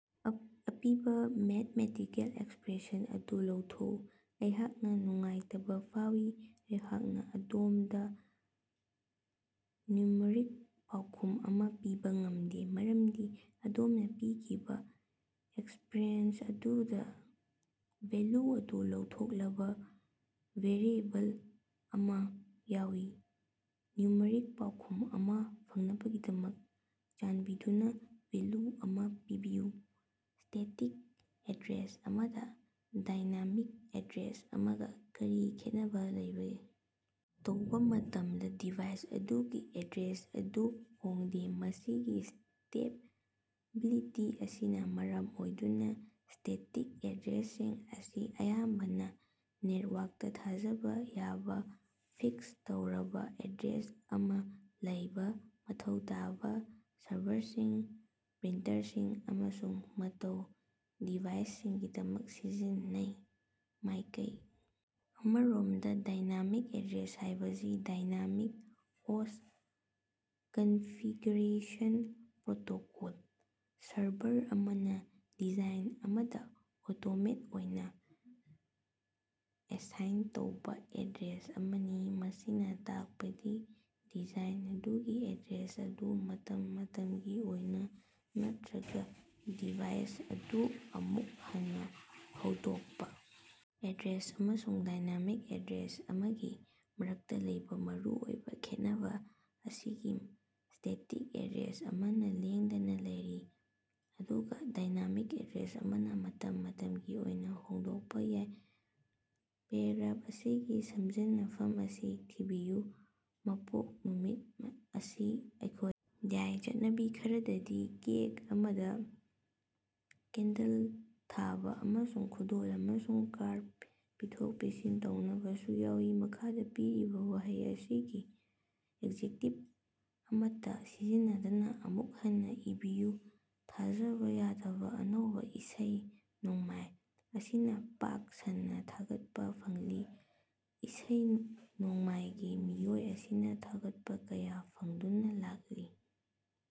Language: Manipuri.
ꯑꯄꯤꯕꯥ ꯃꯦꯠꯊꯃꯇꯤꯀꯦꯜ ꯑꯦꯛꯁꯄꯔꯦꯁꯟ ꯑꯗꯨ ꯂꯧꯊꯣꯛꯎ꯫ ꯑꯩꯍꯥꯛꯅꯥ ꯅꯨꯡꯉꯥꯏꯇꯕꯥ ꯐꯥꯎꯏ, ꯑꯩꯍꯥꯛꯅꯥ ꯑꯗꯣꯝꯗꯥ ꯅ꯭ꯌꯨꯃꯔꯤꯛ ꯄꯥꯎꯈꯨꯝ ꯑꯃꯥ ꯄꯤꯕꯥ ꯉꯝꯗꯦ ꯃꯔꯝꯗꯤ ꯑꯗꯣꯝꯅꯥ ꯄꯤꯈꯤꯕꯥ ꯑꯦꯛꯁꯄꯔꯦꯁꯟ ꯑꯗꯨꯗꯥ ꯚꯦꯜꯌꯨ ꯑꯗꯨ ꯂꯧꯊꯣꯛꯂꯕꯥ ꯚꯦꯔꯤꯑꯦꯕꯜ ꯑꯃꯥ ꯌꯥꯎꯏ꯫ ꯅ꯭ꯌꯨꯃꯔꯤꯛ ꯄꯥꯎꯈꯨꯝ ꯑꯃꯥ ꯐꯪꯅꯕꯒꯤꯗꯃꯛ, ꯆꯥꯟꯕꯤꯗꯨꯅꯥ ꯚꯦꯜꯌꯨ ꯑꯃꯥ ꯄꯤꯕꯤꯌꯨ꯫ꯁ꯭ꯇꯦꯇꯤꯛ ꯑꯦꯗ꯭ꯔꯦꯁ ꯑꯃꯒꯥ ꯗꯥꯏꯅꯥꯃꯤꯛ ꯑꯦꯗ꯭ꯔꯦꯁ ꯑꯃꯒꯥ ꯀꯔꯤ ꯈꯦꯠꯅꯕꯥ ꯂꯩꯕꯒꯦ? ꯇꯧꯕꯥ ꯃꯇꯝꯗꯁꯨ ꯗꯤꯚꯥꯏꯁ ꯑꯗꯨꯒꯤ ꯑꯦꯗ꯭ꯔꯦꯁ ꯑꯗꯨ ꯍꯣꯡꯗꯦ꯫ ꯃꯁꯤꯒꯤ ꯁ꯭ꯇꯦꯕꯤꯂꯤꯇꯤ ꯑꯁꯤꯅꯥ ꯃꯔꯝ ꯑꯣꯏꯗꯨꯅꯥ, ꯁ꯭ꯇꯦꯇꯤꯛ ꯑꯦꯗ꯭ꯔꯦꯁꯁꯤꯡ ꯑꯁꯤ ꯑꯌꯥꯝꯕꯅꯥ ꯅꯦꯠꯋꯥꯔꯛꯇꯥ ꯊꯥꯖꯕꯥ ꯌꯥꯕꯥ, ꯐꯤꯛꯁ ꯇꯧꯔꯕꯥ ꯑꯦꯗ꯭ꯔꯦꯁ ꯑꯃꯥ ꯂꯩꯕꯥ ꯃꯊꯧ ꯇꯥꯕꯥ ꯁꯔꯚꯔꯁꯤꯡ, ꯄ꯭ꯔꯤꯟꯇꯔꯁꯤꯡ ꯑꯃꯁꯨꯡ ꯑꯇꯩ ꯗꯤꯚꯥꯏꯁꯁꯤꯡꯒꯤꯗꯃꯛ ꯁꯤꯖꯤꯟꯅꯩ꯫ ꯃꯥꯏꯀꯩ ꯑꯃꯔꯣꯝꯗꯥ, ꯗꯥꯏꯅꯥꯃꯤꯛ ꯑꯦꯗ꯭ꯔꯦꯁ ꯍꯥꯏꯕꯁꯤ (dynamic host configuration protocol) server ꯑꯃꯅꯥ ꯗꯤꯚꯥꯏꯟ ꯑꯃꯗꯥ ꯑꯣꯇꯣꯃꯦꯠ ꯑꯣꯏꯅꯥ ꯑꯦꯁꯥꯏꯟ ꯇꯧꯕꯥ ꯑꯦꯗ꯭ꯔꯦꯁ ꯑꯃꯅꯤ꯫ ꯃꯁꯤꯅꯥ ꯇꯥꯛꯄꯗꯤ ꯗꯤꯚꯥꯏꯟ ꯑꯗꯨꯒꯤ ꯑꯦꯗ꯭ꯔꯦꯁ ꯑꯗꯨ ꯃꯇꯝ ꯃꯇꯝꯒꯤ ꯑꯣꯏꯅꯥ ꯅꯠꯇꯔꯒꯥ ꯗꯤꯚꯥꯏꯁ ꯑꯗꯨ ꯑꯃꯨꯛ ꯍꯟꯅꯥ ꯍꯧꯗꯣꯛꯄꯥ ꯑꯦꯗ꯭ꯔꯦꯁ ꯑꯃꯁꯨꯡ ꯗꯥꯏꯅꯥꯃꯤꯛ ꯑꯦꯗ꯭ꯔꯦꯁ ꯑꯃꯒꯤ ꯃꯔꯛꯇꯥ ꯂꯩꯕꯥ ꯃꯔꯨꯑꯣꯏꯕꯥ ꯈꯦꯠꯅꯕꯥ ꯑꯁꯤꯗꯤ ꯁ꯭ꯇꯦꯇꯤꯛ ꯑꯦꯗ꯭ꯔꯦꯁ ꯑꯃꯅꯥ ꯂꯦꯡꯗꯅꯥ ꯂꯩꯔꯤ ꯑꯗꯨꯒꯥ ꯗꯥꯏꯅꯥꯃꯤꯛ ꯑꯦꯗ꯭ꯔꯦꯁ ꯑꯃꯅꯥ ꯃꯇꯝ ꯃꯇꯝꯒꯤ ꯑꯣꯏꯅꯥ ꯍꯣꯡꯗꯣꯛꯄꯥ ꯌꯥꯏ꯫ ꯄꯦꯔꯥꯒ꯭ꯔꯥꯐ ꯑꯁꯤꯒꯤ ꯁꯝꯖꯤꯟꯅꯐꯝ ꯑꯁꯤ ꯊꯤꯕꯤꯌꯨ: ꯃꯄꯣꯛ ꯅꯨꯃꯤꯠ ꯑꯁꯤ ꯑꯩꯈꯣꯏ ꯌꯥꯏ꯫ ꯆꯠꯅꯕꯤ ꯈꯔꯗꯗꯤ ꯀꯦꯛ ꯑꯃꯗꯥ ꯀꯦꯟꯗꯜ ꯊꯥꯕꯥ ꯑꯃꯁꯨꯡ ꯈꯨꯗꯣꯜ ꯑꯃꯁꯨꯡ ꯀꯥꯔꯗ ꯄꯤꯊꯣꯛ-ꯄꯤꯁꯤꯟ ꯇꯧꯅꯕꯁꯨ ꯌꯥꯎꯏ꯫ ꯃꯈꯥꯗꯥ ꯄꯤꯔꯤꯕꯥ ꯋꯥꯍꯩ ꯑꯁꯤ ꯑꯦꯖꯦꯛꯇꯤꯚ ꯑꯃꯠꯇꯥ ꯁꯤꯖꯤꯟꯅꯗꯅꯥ ꯑꯃꯨꯛ ꯍꯟꯅꯥ ꯏꯕꯤꯌꯨ꯫ ꯊꯥꯖꯕꯥ ꯌꯥꯗꯕꯥ ꯑꯅꯧꯕꯥ ꯏꯁꯩ ꯅꯣꯡꯃꯥꯏ ꯑꯁꯤꯅꯥ ꯄꯥꯛ ꯁꯟꯅꯥ ꯊꯥꯒꯠꯄꯥ ꯐꯪꯂꯤ꯫ ꯏꯁꯩ ꯅꯣꯡꯃꯥꯏꯒꯤ ꯃꯤꯑꯣꯏ ꯑꯁꯤꯅꯥ ꯊꯥꯒꯠꯄꯥ ꯀꯌꯥ ꯐꯪꯗꯨꯅꯥ ꯂꯥꯛꯂꯤ꯫